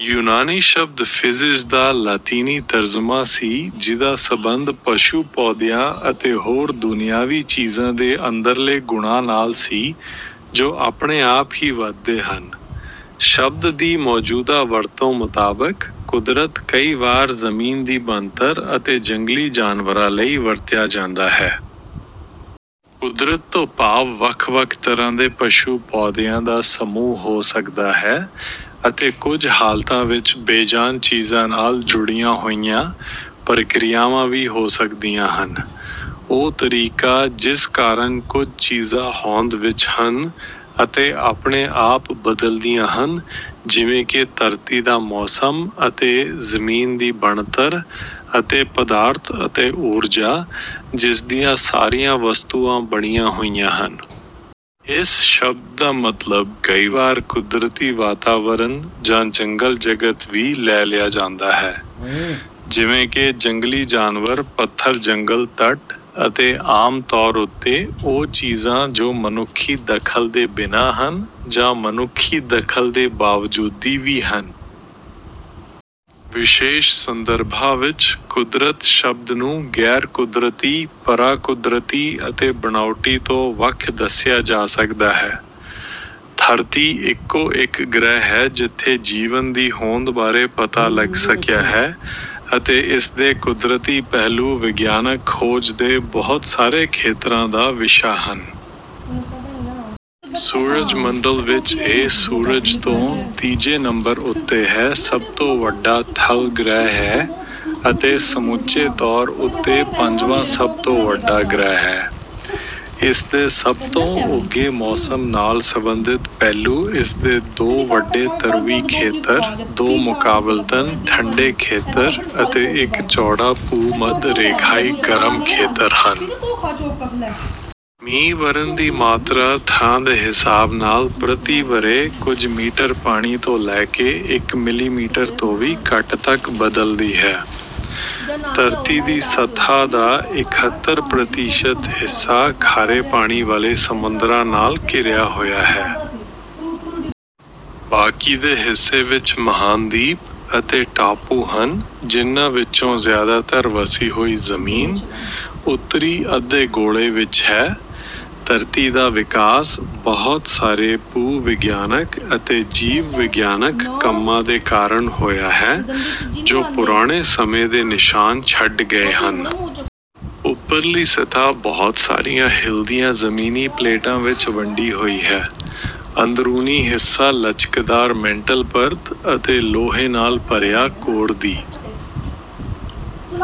ਯੂਨਾਨੀ ਸ਼ਬਦ ਫ਼ਿਸਿਜ਼ ਦਾ ਲਾਤੀਨੀ ਤਰਜਮਾ ਸੀ ਜਿਹਦਾ ਸਬੰਧ ਪਸ਼ੂ-ਪੌਦਿਆਂ ਅਤੇ ਹੋਰ ਦੁਨਿਆਵੀ ਚੀਜ਼ਾਂ ਦੇ ਅੰਦਰਲੇ ਗੁਣਾਂ ਨਾਲ ਸੀ ਜੋ ਆਪਣੇ-ਆਪ ਹੀ ਵਧਦੇ ਹਨ। ਸ਼ਬਦ ਦੀ ਮੌਜੂਦਾ ਵਰਤੋਂ ਮੁਤਾਬਕ "ਕੁਦਰਤ" ਕਈ ਵਾਰ ਜ਼ਮੀਨ ਦੀ ਬਣਤਰ ਅਤੇ ਜੰਗਲੀ ਜਾਨਵਰਾਂ ਲਈ ਵਰਤਿਆ ਜਾਂਦਾ ਹੈ। ਕੁਦਰਤ ਤੋਂ ਭਾਵ ਵੱਖ-ਵੱਖ ਤਰ੍ਹਾਂ ਦੇ ਪਸ਼ੂ-ਪੌਦਿਆਂ ਦਾ ਸਮੂਹ ਹੋ ਸਕਦਾ ਹੈ ਅਤੇ ਕੁਝ ਹਾਲਤਾਂ ਵਿੱਚ ਬੇਜਾਨ ਚੀਜ਼ਾਂ ਨਾਲ ਜੁੜੀਆਂ ਹੋਈਆਂ ਪ੍ਰਕਿਰਿਆਵਾਂ ਵੀ ਹੋ ਸਕਦੀਆਂ ਹਨ। ਉਹ ਤਰੀਕਾ ਜਿਸ ਕਾਰਨ ਕੁਝ ਚੀਜ਼ਾਂ ਹੋਂਦ ਵਿੱਚ ਹਨ ਅਤੇ ਆਪਣੇ-ਆਪ ਬਦਲਦੀਆਂ ਹਨ ਜਿਵੇਂ ਕਿ ਧਰਤੀ ਦਾ ਮੌਸਮ ਅਤੇ ਜ਼ਮੀਨ ਦੀ ਬਣਤਰ ਅਤੇ ਪਦਾਰਥ ਅਤੇ ਊਰਜਾ ਜਿਸਦੀਆਂ ਸਾਰੀਆਂ ਵਸਤੂਆਂ ਬਣੀਆਂ ਹੋਈਆਂ ਹਨ। ਇਸ ਸ਼ਬਦ ਦਾ ਮਤਲਬ ਕਈ ਵਾਰ ਕੁਦਰਤੀ ਵਾਤਾਵਰਨ ਜਾਂ ਜੰਗਲ-ਜਗਤ ਵੀ ਲੈ ਲਿਆ ਜਾਂਦਾ ਹੈ ਜਿਵੇਂ ਕਿ ਜੰਗਲੀ ਜਾਨਵਰ ਪੱਥਰ ਜੰਗਲ ਤੱਟ ਅਤੇ ਆਮ ਤੌਰ ਉੱਤੇ ਉਹ ਚੀਜ਼ਾਂ ਜੋ ਮਨੁੱਖੀ ਦਖ਼ਲ ਦੇ ਬਿਨਾਂ ਹਨ ਜਾਂ ਮਨੁੱਖੀ ਦਖ਼ਲ ਦੇ ਬਾਵਜੂਦ ਵੀ ਹਨ। ਵਿਸ਼ੇਸ਼ ਸੰਦਰਭਾਂ ਵਿੱਚ "ਕੁਦਰਤ" ਸ਼ਬਦ ਨੂੰ ਗ਼ੈਰ-ਕੁਦਰਤੀ ਪਰਾਕੁਦਰਤੀ ਅਤੇ ਬਣਾਉਟੀ ਤੋਂ ਵੱਖ ਦੱਸਿਆ ਜਾ ਸਕਦਾ ਹੈ। ਧਰਤੀ ਇੱਕੋ-ਇੱਕ ਗ੍ਰਹਿ ਹੈ ਜਿੱਥੇ ਜੀਵਨ ਦੀ ਹੋਂਦ ਬਾਰੇ ਪਤਾ ਲੱਗ ਸਕਿਆ ਹੈ ਅਤੇ ਇਸ ਦੇ ਕੁਦਰਤੀ ਪਹਿਲੂ ਵਿਗਿਆਨਕ ਖੋਜ ਦੇ ਬਹੁਤ ਸਾਰੇ ਖੇਤਰਾਂ ਦਾ ਵਿਸ਼ਾ ਹਨ। ਸੂਰਜ-ਮੰਡਲ ਵਿੱਚ ਇਹ ਸੂਰਜ ਤੋਂ ਤੀਜੇ ਨੰਬਰ ਉੱਤੇ ਹੈ ਸਭ ਤੋਂ ਵੱਡਾ ਥਲ ਗ੍ਰਹਿ ਹੈ ਅਤੇ ਸਮੁੱਚੇ ਤੌਰ ਉੱਤੇ ਪੰਜਵਾਂ ਸਭ ਤੋਂ ਵੱਡਾ ਗ੍ਰਹਿ ਹੈ। ਇਸ ਦੇ ਸਭ ਤੋਂ ਉੱਘੇ ਮੌਸਮ ਨਾਲ ਸਬੰਧਿਤ ਪਹਿਲੂ ਇਸ ਦੇ ਦੋ ਵੱਡੇ ਧਰੁਵੀ ਖੇਤਰ ਦੋ ਮੁਕਾਬਲਤਨ ਠੰਡੇ ਖੇਤਰ ਅਤੇ ਇੱਕ ਚੌੜਾ ਭੂ-ਮੱਧ ਰੇਖਾਈ ਗਰਮ ਖੇਤਰ ਹਨ। ਮੀਂਹ ਵਰ੍ਹਨ ਦੀ ਮਾਤਰਾ ਥਾਂ ਦੇ ਹਿਸਾਬ ਨਾਲ ਪ੍ਰਤੀ ਵਰ੍ਹੇ ਕੁਝ ਮੀਟਰ ਪਾਣੀ ਤੋਂ ਲੈ ਕੇ ਇੱਕ ਮਿਲੀਮੀਟਰ ਤੋਂ ਵੀ ਘੱਟ ਤੱਕ ਬਦਲਦੀ ਹੈ। ਧਰਤੀ ਦੀ ਸਤ੍ਹਾ ਦਾ ਇਕਹੱਤਰ ਪ੍ਰਤੀਸ਼ਤ ਹਿੱਸਾ ਖਾਰੇ ਪਾਣੀ ਵਾਲੇ ਸਮੁੰਦਰਾਂ ਨਾਲ ਘਿਰਿਆ ਹੋਇਆ ਹੈ। ਬਾਕੀ ਦੇ ਹਿੱਸੇ ਵਿੱਚ ਮਹਾਂਦੀਪ ਅਤੇ ਟਾਪੂ ਹਨ ਜਿਹਨਾਂ ਵਿੱਚੋਂ ਜ਼ਿਆਦਾਤਰ ਵਸੀ ਹੋਈ ਜ਼ਮੀਨ ਉੱਤਰੀ ਅੱਧੇ ਗੋਲੇ ਵਿੱਚ ਹੈ ਧਰਤੀ ਦਾ ਵਿਕਾਸ ਬਹੁਤ ਸਾਰੇ ਭੂ-ਵਿਗਿਆਨਕ ਅਤੇ ਜੀਵ-ਵਿਗਿਆਨਕ ਕੰਮਾਂ ਦੇ ਕਾਰਨ ਹੋਇਆ ਹੈ ਜੋ ਪੁਰਾਣੇ ਸਮੇਂ ਦੇ ਨਿਸ਼ਾਨ ਛੱਡ ਗਏ ਹਨ। ਉੱਪਰਲੀ ਸਤ੍ਹਾ ਬਹੁਤ ਸਾਰੀਆਂ ਹਿੱਲਦੀਆਂ ਜ਼ਮੀਨੀ ਪਲੇਟਾਂ ਵਿੱਚ ਵੰਡੀ ਹੋਈ ਹੈ ਅੰਦਰੂਨੀ ਹਿੱਸਾ ਲਚਕਦਾਰ ਮੈਂਟਲ ਪਰਤ ਅਤੇ ਲੋਹੇ ਨਾਲ ਭਰਿਆ ਕੋਰ ਦੀ